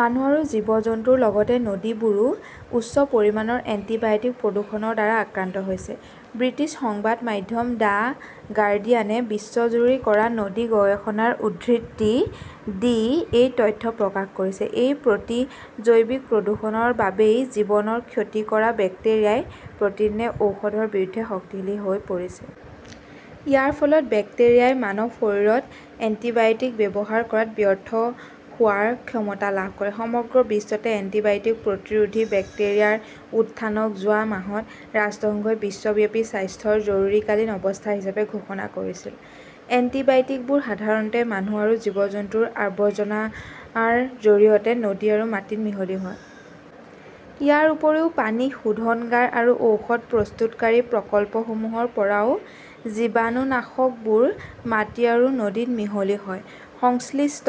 মানুহ আৰু জীৱ-জন্তুৰ লগতে নদীবোৰো উচ্চ পৰিমাণৰ এণ্টিবায়টিক প্ৰদূষণৰ দ্বাৰা আক্ৰান্ত হৈছে। ব্ৰিটিছ সংবাদ মাধ্যম দ্য গাৰ্ডিয়ানে বিশ্বজুৰি কৰা নদী গৱেষণাৰ উদ্ধৃতি দি এই তথ্য প্ৰকাশ কৰিছে। এই প্ৰতিজৈৱিক প্ৰদূষণৰ বাবেই জীৱনৰ ক্ষতি কৰা বেক্টেৰিয়াই প্ৰতিদিনে ঔষধৰ বিৰুদ্ধে শক্তিশালী হৈ পৰিছে। ইয়াৰ ফলত বেক্টেৰিয়াই মানৱ শৰীৰত এন্টিবায়টিক ব্যৱহাৰ কৰাত ব্যৰ্থ হোৱাৰ ক্ষমতা লাভ কৰে। সমগ্ৰ বিশ্বতে এণ্টিবায়টিক-প্ৰতিৰোধী বেক্টেৰিয়াৰ উত্থানক যোৱা মাহত ৰাষ্ট্ৰসংঘই বিশ্বব্যাপী স্বাস্থ্যৰ জৰুৰীকালীন অৱস্থা হিচাপে ঘোষণা কৰিছিল। এণ্টিবায়টিকবোৰ সাধাৰণতে মানুহ আৰু জীৱ-জন্তুৰ আৱৰ্জনাৰ জৰিয়তে নদী আৰু মাটিত মিহলি হয়। ইয়াৰ উপৰিও পানী শোধনাগাৰ আৰু ঔষধ প্ৰস্তুতকাৰী প্ৰকল্পসমূহৰ পৰাও জীৱাণুনাশকবোৰ মাটি আৰু নদীত মিহলি হয়। সংশ্লিষ্ট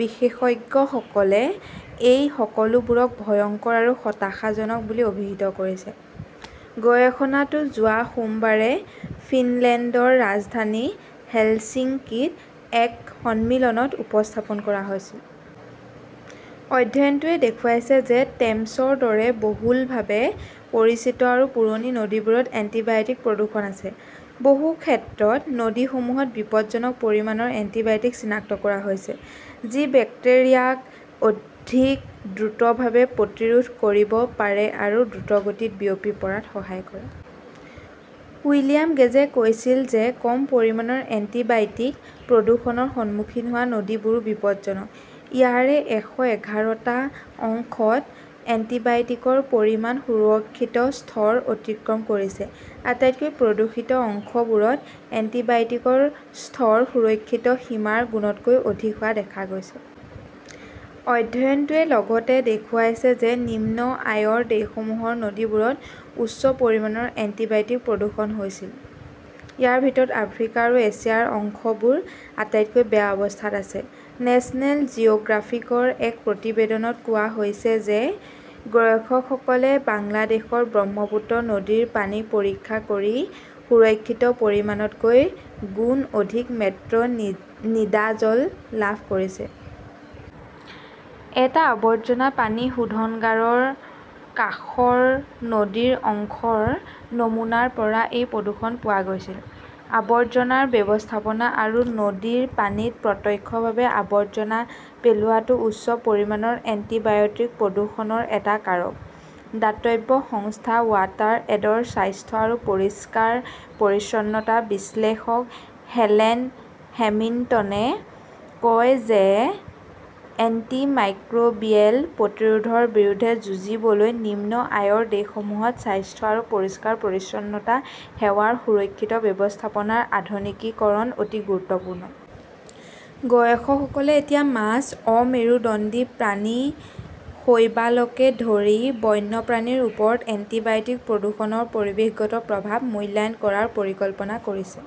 বিশেষজ্ঞসকলে এই সকলোবোৰক ভয়ংকৰ আৰু হতাশাজনক বুলি অভিহিত কৰিছে। গৱেষণাটো যোৱা সোমবাৰে ফিনলেণ্ডৰ ৰাজধানী হেলচিংকীত এক সন্মিলনত উপস্থাপন কৰা হৈছিল। অধ্যয়নটোৱে দেখুৱাইছে যে টেমছৰ দৰে বহুলভাৱে পৰিচিত আৰু পুৰণি নদীবোৰত এণ্টিবায়টিক প্ৰদূষণ আছে। বহু ক্ষেত্ৰত নদীসমূহত বিপদজনক পৰিমাণৰ এণ্টিবায়টিক চিনাক্ত কৰা হৈছে। যি বেক্টেৰিয়াক অধিক দ্ৰুতভাৱে প্ৰতিৰোধ কৰিব পাৰে আৰু দ্ৰুতগতিত বিয়পি পৰাত সহায় কৰে। উইলিয়াম গেজে কৈছিল যে কম পৰিমাণৰ এণ্টিবায়টিক প্ৰদূষণৰ সন্মুখীন হোৱা নদীবোৰো বিপদজনক। ইয়াৰে এশ এঘাৰটা অংশত এন্টিবায়টিকৰ পৰিমাণ সুৰক্ষিত স্তৰ অতিক্ৰম কৰিছে। আটাইতকৈ প্ৰদূষিত অংশবোৰত এন্টিবায়টিকৰ স্তৰ সুৰক্ষিত সীমাৰ গুণতকৈ অধিক হোৱা দেখা গৈছে। অধ্যয়নটোৱে লগতে দেখুৱাইছে যে নিম্ন আয়ৰ দেশসমূহৰ নদীবোৰত উচ্চ পৰিমাণৰ এণ্টিবায়টিক প্ৰদূষণ হৈছিল। ইয়াৰ ভিতৰত আফ্ৰিকা আৰু এছিয়াৰ অংশবোৰ আটাইতকৈ বেয়া অৱস্থাত আছে। নেচনেল জিঅ গ্ৰাফিকৰ এক প্ৰতিবেদনত কোৱা হৈছে যে গৱেষকসকলে বাংলাদেশৰ ব্ৰহ্মপুত্ৰ নদীৰ পানী পৰীক্ষা কৰি সুৰক্ষিত পৰিমাণতকৈ গুণ অধিক মেট্ৰ নিডাজল লাভ কৰিছে। এটা আৱৰ্জনা পানী শোধনাগাৰৰ কাষৰ নদীৰ অংশৰ নমুনাৰ পৰা এই প্ৰদূষণ পোৱা গৈছিল। আৱৰ্জনাৰ অব্যৱস্থাপনা আৰু নদীৰ পানীত প্ৰত্যক্ষভাৱে আৱৰ্জনা পেলোৱাটো উচ্চ পৰিমাণৰ এণ্টিবায়টিক প্ৰদূষণৰ এটা কাৰক। দাতব্য সংস্থা ৱাটাৰ এডৰ স্বাস্থ্য আৰু পৰিষ্কাৰ-পৰিচ্ছন্নতা বিশ্লেষক হেলেন হেমিল্টনে কয় যে এন্টিমাইক্ৰোবিয়েল প্ৰতিৰোধৰ বিৰুদ্ধে যুঁজিবলৈ নিম্ন আয়ৰ দেশসমূহত স্বাস্থ্য আৰু পৰিষ্কাৰ-পৰিচ্ছন্নতা সেৱাৰ সুৰক্ষিত ব্যৱস্থাপনাৰ আধুনিকীকৰণ অতি গুৰুত্বপূৰ্ণ। গৱেষকসকলে এতিয়া মাছ, অমেৰুদণ্ডী প্ৰাণী, শৈবালকে ধৰি বন্যপ্ৰাণীৰ ওপৰত এন্টিবায়টিক প্ৰদূষণৰ পৰিৱেশগত প্ৰভাৱ মূল্যায়ন কৰাৰ পৰিকল্পনা কৰিছে।